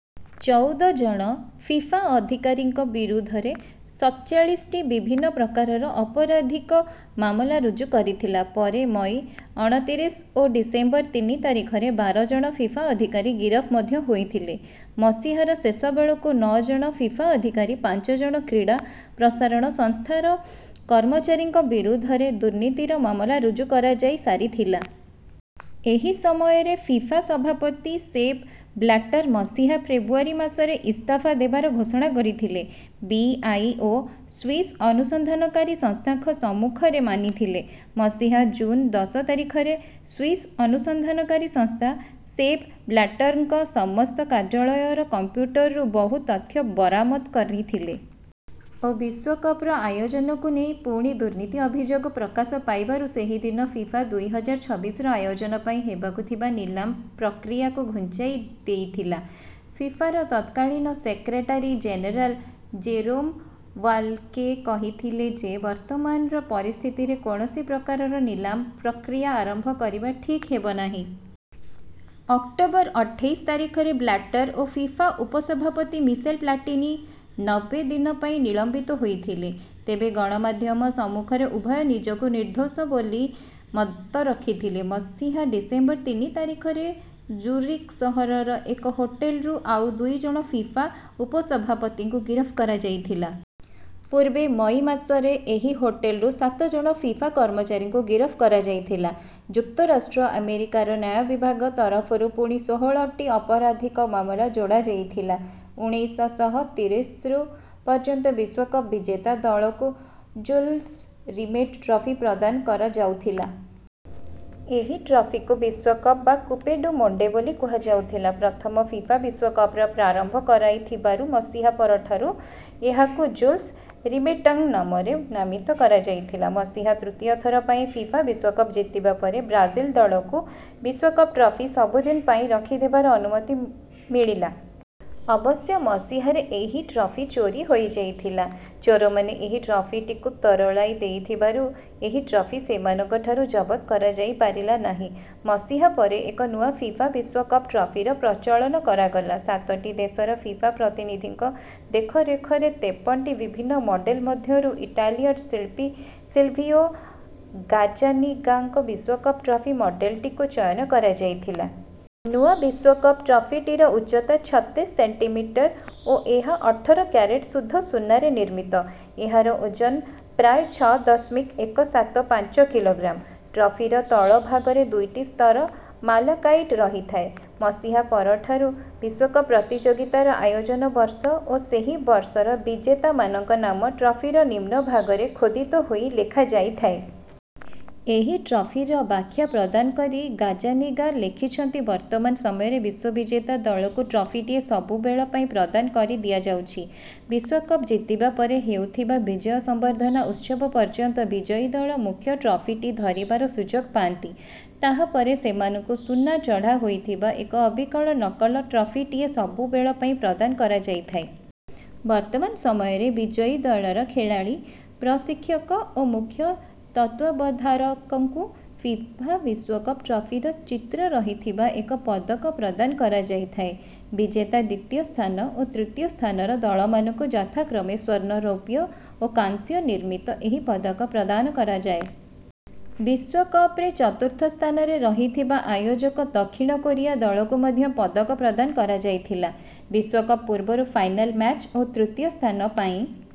ଚଉଦ ଜଣ ଫିଫା ଅଧିକାରୀଙ୍କ ବିରୁଦ୍ଧରେ ସତଚାଳିଶଟି ବିଭିନ୍ନ ପ୍ରକାରର ଅପରାଧିକ ମାମଲା ରୁଜୁ କରିଥିଲା। ପରେ ମଇ ଅଣତିରିଶ ଓ ଡିସେମ୍ବର ତିନି ତାରିଖରେ ବାର ଜଣ ଫିଫା ଅଧିକାରୀ ଗିରଫ ମଧ୍ୟ ହୋଇଥିଲେ। ମସିହାର ଶେଷ ବେଳକୁ ନଅ ଜଣ ଫିଫା ଅଧିକାରୀ ପାଞ୍ଚ ଜଣ କ୍ରୀଡ଼ା ପ୍ରସାରଣ ସଂସ୍ଥାର କର୍ମଚାରୀଙ୍କ ବିରୁଦ୍ଧରେ ଦୁର୍ନୀତିର ମାମଲା ରୁଜୁ କରାଯାଇ ସାରିଥିଲା। ଏହି ସମୟରେ ଫିଫା ସଭାପତି ସେପ୍ ବ୍ଲାଟର୍ ମସିହା ଫେବୃଆରୀ ମାସରେ ଇସ୍ତଫା ଦେବାର ଘୋଷଣା କରିଥିଲେ। ବି. ଆଇ. ଓ ସ୍ୱିସ୍ ଅନୁସନ୍ଧାନକାରୀ ସଂସ୍ଥାଙ୍କ ସମ୍ମୁଖରେ ମାନିଥିଲେ। ମସିହା ଜୁନ୍ ଦଶ ତାରିଖରେ ସ୍ୱିସ୍ ଅନୁସନ୍ଧାନକାରୀ ସଂସ୍ଥା ସେପ୍ ବ୍ଲାଟର୍ଙ୍କ ସମସ୍ତ କାର୍ଯ୍ୟାଳୟର କମ୍ପ୍ୟୁଟରରୁ ବହୁ ତଥ୍ୟ ବରାମତ କରିଥିଲେ। ଓ ବିଶ୍ୱକପର ଆୟୋଜନକୁ ନେଇ ପୁଣି ଦୁର୍ନୀତି ଅଭିଯୋଗ ପ୍ରକାଶ ପାଇବାରୁ ସେହିଦିନ ଫିଫା ଦୁଇ ହଜାର ଛବିଶର ଆୟୋଜନ ପାଇଁ ହେବାକୁ ଥିବା ନିଲାମ ପ୍ରକ୍ରିୟାକୁ ଘୁଞ୍ଚାଇ ଦେଇଥିଲା। ଫିଫାର ତତ୍କାଳୀନ ସେକ୍ରେଟାରୀ ଜେନେରାଲ୍ ଜେରୋମ୍ ୱାଲ୍କେ କହିଥିଲେ ଯେ ବର୍ତ୍ତମାନର ପରିସ୍ଥିତିରେ କୌଣସି ପ୍ରକାରର ନିଲାମ ପ୍ରକ୍ରିୟା ଆରମ୍ଭ କରିବା ଠିକ୍ ହେବନାହିଁ। ଅକ୍ଟୋବର ଅଠେଇଶ ତାରିଖରେ ବ୍ଲାଟର୍ ଓ ଫିଫା ଉପସଭାପତି ମିସେଲ୍ ପ୍ଲାଟିନି ନବ୍ବେ ଦିନ ପାଇଁ ନିଲମ୍ବିତ ହୋଇଥିଲେ। ତେବେ ଗଣମାଧ୍ୟମ ସମ୍ମୁଖରେ ଉଭୟ ନିଜକୁ ନିର୍ଦ୍ଦୋଷ ବୋଲି ମତ ରଖିଥିଲେ। ମସିହା ଡିସେମ୍ବର ତିନି ତାରିଖରେ ଜୁରିକ୍ ସହରର ଏକ ହୋଟେଲ୍ରୁ ଆଉ ଦୁଇ ଜଣ ଫିଫା ଉପସଭାପତିଙ୍କୁ ଗିରଫ କରାଯାଇଥିଲା। ପୂର୍ବେ ମଇ ମାସରେ ଏହି ହୋଟେଲ୍ରୁ ସାତ ଜଣ ଫିଫା କର୍ମଚାରୀଙ୍କୁ ଗିରଫ କରାଯାଇଥିଲା। ଯୁକ୍ତରାଷ୍ଟ୍ର ଆମେରିକାର ନ୍ୟାୟ ବିଭାଗ ତରଫରୁ ପୁଣି ଷୋହଳଟି ଅପରାଧିକ ମାମଲା ଯୋଡ଼ା ଯାଇଥିଲା। ଉଣେଇଶ ଶହ ତିରିଶରୁ ପର୍ଯ୍ୟନ୍ତ ବିଶ୍ୱକପ ବିଜେତା ଦଳକୁ ଜୁଲ୍ସ୍ ରିମେଟ୍ ଟ୍ରଫି ପ୍ରଦାନ କରାଯାଉଥିଲା। ଏହି ଟ୍ରଫିକୁ ବିଶ୍ୱକପ ବା କୁପେ ଡୁ ମୋଣ୍ଡେ ବୋଲି କୁହାଯାଉଥିଲା। ପ୍ରଥମ ଫିଫା ବିଶ୍ୱକପର ପ୍ରାରମ୍ଭ କରାଇଥିବାରୁ ମସିହା ପରଠାରୁ ଏହାକୁ ଜୁଲ୍ସ୍ ରିମେଟ୍ଙ୍କ ନାମରେ ନାମିତ କରାଯାଇଥିଲା। ମସିହା ତୃତୀୟ ଥର ପାଇଁ ଫିଫା ବିଶ୍ୱକପ ଜିତିବା ପରେ ବ୍ରାଜିଲ ଦଳକୁ ବିଶ୍ୱକପ ଟ୍ରଫି ସବୁ ଦିନ ପାଇଁ ରଖିଦେବାର ଅନୁମତି ମିଳିଲା। ଅବଶ୍ୟ ମସିହାରେ ଏହି ଟ୍ରଫି ଚୋରି ହୋଇଯାଇଥିଲା। ଚୋରମାନେ ଏହି ଟ୍ରଫିଟିକୁ ତରଳାଇ ଦେଇଥିବାରୁ ଏହି ଟ୍ରଫି ସେମାନଙ୍କଠାରୁ ଜବତ କରାଯାଇପାରିଲା ନାହିଁ। ମସିହା ପରେ ଏକ ନୂଆ ଫିଫା ବିଶ୍ୱକପ ଟ୍ରଫିର ପ୍ରଚଳନ କରାଗଲା। ସାତଟି ଦେଶର ଫିଫା ପ୍ରତିନିଧିଙ୍କ ଦେଖରେଖରେ ତେପନଟି ବିଭିନ୍ନ ମଡେଲ୍ ମଧ୍ୟରୁ ଇଟାଲୀୟ ଶିଳ୍ପୀ ସିଲ୍ଭିଓ ଗାଜ୍ଜାନିଗାଙ୍କ ବିଶ୍ୱକପ ଟ୍ରଫି ମଡେଲ୍ଟିକୁ ଚୟନ କରାଯାଇଥିଲା। ନୂଆ ବିଶ୍ୱକପ ଟ୍ରଫିଟିର ଉଚ୍ଚତା ଛତିଶ ସେଣ୍ଟିମିଟର୍ ଓ ଏହା ଅଠର କ୍ୟାରେଟ୍ ଶୁଦ୍ଧ ସୁନାରେ ନିର୍ମିତ। ଏହାର ଓଜନ ପ୍ରାୟ ଛଅ ଦଶମିକ ଏକ ସାତ ପାଞ୍ଚ କିଲୋଗ୍ରାମ୍। ଟ୍ରଫିର ତଳଭାଗରେ ଦୁଇଟି ସ୍ତର ମାଲାକାଇଟ୍ ରହିଥାଏ। ମସିହା ପରଠାରୁ ବିଶ୍ୱକପ ପ୍ରତିଯୋଗିତାର ଆୟୋଜନ ବର୍ଷ ଓ ସେହି ବର୍ଷର ବିଜେତାମାନଙ୍କ ନାମ ଟ୍ରଫିର ନିମ୍ନ ଭାଗରେ ଖୋଦିତ ହୋଇ ଲେଖାଯାଇଥାଏ। ଏହି ଟ୍ରଫିର ବ୍ୟାଖ୍ୟା ପ୍ରଦାନ କରି ଗାଜ୍ଜାନିଗା ଲେଖିଛନ୍ତି ବର୍ତ୍ତମାନ ସମୟରେ ବିଶ୍ୱବିଜେତା ଦଳକୁ ଟ୍ରଫିଟିଏ ସବୁବେଳ ପାଇଁ ପ୍ରଦାନ କରିଦିଆଯାଉଛି। ବିଶ୍ୱକପ ଜିତିବା ପରେ ହେଉଥିବା ବିଜୟ ସମ୍ବର୍ଦ୍ଧନା ଉତ୍ସବ ପର୍ଯ୍ୟନ୍ତ ବିଜୟୀ ଦଳ ମୁଖ୍ୟ ଟ୍ରଫିଟି ଧରିବାର ସୁଯୋଗ ପାଆନ୍ତି। ତାହା ପରେ ସେମାନଙ୍କୁ ସୁନା ଚଢ଼ା ହୋଇଥିବା ଏକ ଅବିକଳ ନକଲ ଟ୍ରଫିଟିଏ ସବୁ ବେଳ ପାଇଁ ପ୍ରଦାନ କରାଯାଇଥାଏ। ବର୍ତ୍ତମାନ ସମୟରେ ବିଜୟୀ ଦଳର ଖେଳାଳୀ ପ୍ରଶିକ୍ଷକ ଓ ମୁଖ୍ୟ ତତ୍ତ୍ୱାବଧାରକଙ୍କୁ ଫିଫା ବିଶ୍ୱକପ ଟ୍ରଫିର ଚିତ୍ର ରହିଥିବା ଏକ ପଦକ ପ୍ରଦାନ କରାଯାଇଥାଏ। ବିଜେତା ଦ୍ୱିତୀୟ ସ୍ଥାନ ଓ ତୃତୀୟ ସ୍ଥାନର ଦଳମାନଙ୍କୁ ଯଥାକ୍ରମେ ସ୍ୱର୍ଣ୍ଣ ରୌପ୍ୟ ଓ କାଂସ୍ୟ ନିର୍ମିତ ଏହି ପଦକ ପ୍ରଦାନ କରାଯାଏ। ବିଶ୍ୱକପରେ ଚତୁର୍ଥ ସ୍ଥାନରେ ରହିଥିବା ଆୟୋଜକ ଦକ୍ଷିଣ କୋରିଆ ଦଳକୁ ମଧ୍ୟ ପଦକ ପ୍ରଦାନ କରାଯାଇଥିଲା। ବିଶ୍ୱକପ ପୂର୍ବରୁ ଫାଇନାଲ୍ ମ୍ୟାଚ୍ ଓ ତୃତୀୟ ସ୍ଥାନ ପାଇଁ